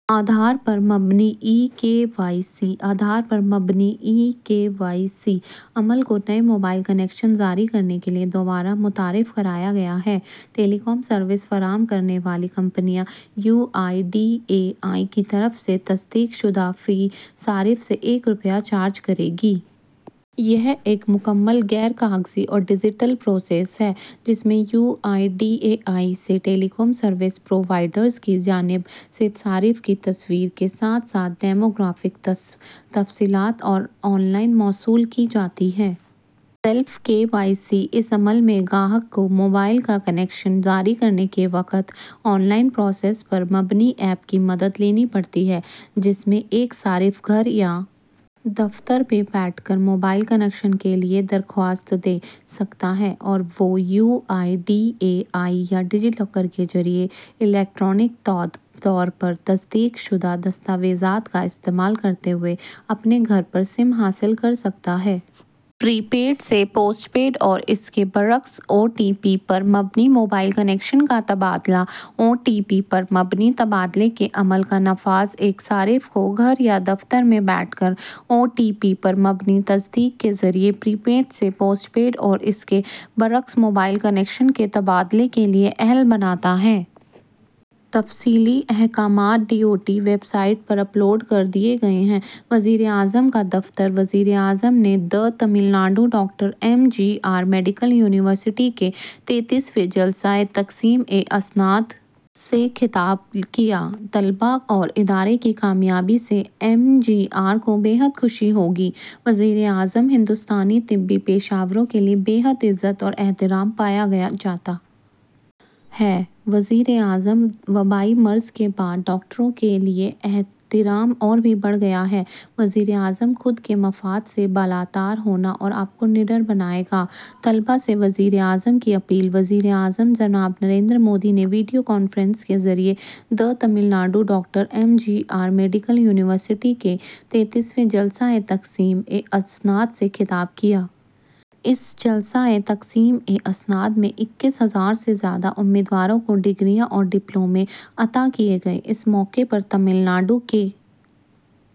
آدھار پر مبنی E K Y C Aadhaar پر مبنی ای کے وائی سی عمل کو نئے موبائل کنیکشن جاری کرنے کے لئے دوبارہ متعارف کرایا گیا ہے۔ ٹیلی کام سروس فراہم کرنے والی کمپنیاں U I D A I کی طرف سے تصدیق شدہ فی صارف سے ایک روپیہ چارج کریں گی۔ یہ ایک مکمل غیر کاغذی اور ڈیجیٹل پروسیس ہے جس میں U I D A I سے ٹیلی کام سروس پرووائیڈرز کی جانب سے صارف کی تصویر کے ساتھ ساتھ ڈیموگرافک تفصیلات آن لائن موصول کی جاتی ہیں۔ سیلف کے وائی سی اس عمل میں گاہک کو موبائل کا کنیکشن جاری کرنے کے وقت آن لائن پروسیس پر مبنی ایپ کی مدد لینی پڑتی ہے۔ جس میں ایک صارف گھر یا دفتر میں بیٹھ کر موبائل کنیکشن کے لئے درخواست دے سکتا ہے اور وہ U I D A I یا ڈیجی لاکر کے ذریعہ الیکٹرانک طور پر تصدیق شدہ دستاویزات کا استعمال کرتے ہوئے اپنے گھر پر سم حاصل کر سکتا ہے۔ پرپیڈ سے پوسٹ پیڈ اور اس کے برعکس او ٹی پی پر مبنی موبائل کنیکشن کا تبادلہ او ٹی پی پر مبنی تبادلے کے عمل کا نفاذ ایک صارف کو گھر یا دفتر میں بیٹھ کر او ٹی پی پر مبنی تصدیق کے ذریعہ پرپیڈ سے پوسٹ پیڈ اور اس کے برعکس موبائل کنیکشن کے تبادلے کے لئے اہل بناتا ہے۔ تفصیلی احکامات D O T website پر اپلوڈ کر دیا گیا ہے۔ وزیراعظم کا دفتر وزیر اعظم نے the Tamil Nadu doctor M G R medical university کے تینتیسویں جلسہ تقسیم اسناد سے خطاب کیا طلباء اور ادارے کی کامیابی سے ایم جی آر کو بے حد خوشی ہوئی ہوگی وزیر اعظم ہندوستانی طبی پیشہ وروں کے لئے بے حد عزت اور احترام پایا جاتا ہے وزیر اعظم وبائی مرض کے بعد ڈاکٹروں کے لئے احترام اور بھی بڑھ گیا ہے وزیر اعظم خود کے مفاد سے بالا تر ہونا آپ کو نڈر بنائے گا طلباء سے وزیر اعظم کی اپیل وزیر جناب نریندر مودی نے ویڈیو کانفرنس کے ذریعے the Tamil Nadu doctor M G R medical university کے تینتیسویں جلسہ تقسیم اسناد سے خطاب کیا۔ اس جلسہ تقسیم اسناد میں اکیس ہزار سے زیادہ امیدواروں کو ڈگریاں اور ڈپلومے عطا کئے گئے۔ اس موقع پر تمل ناڈو کے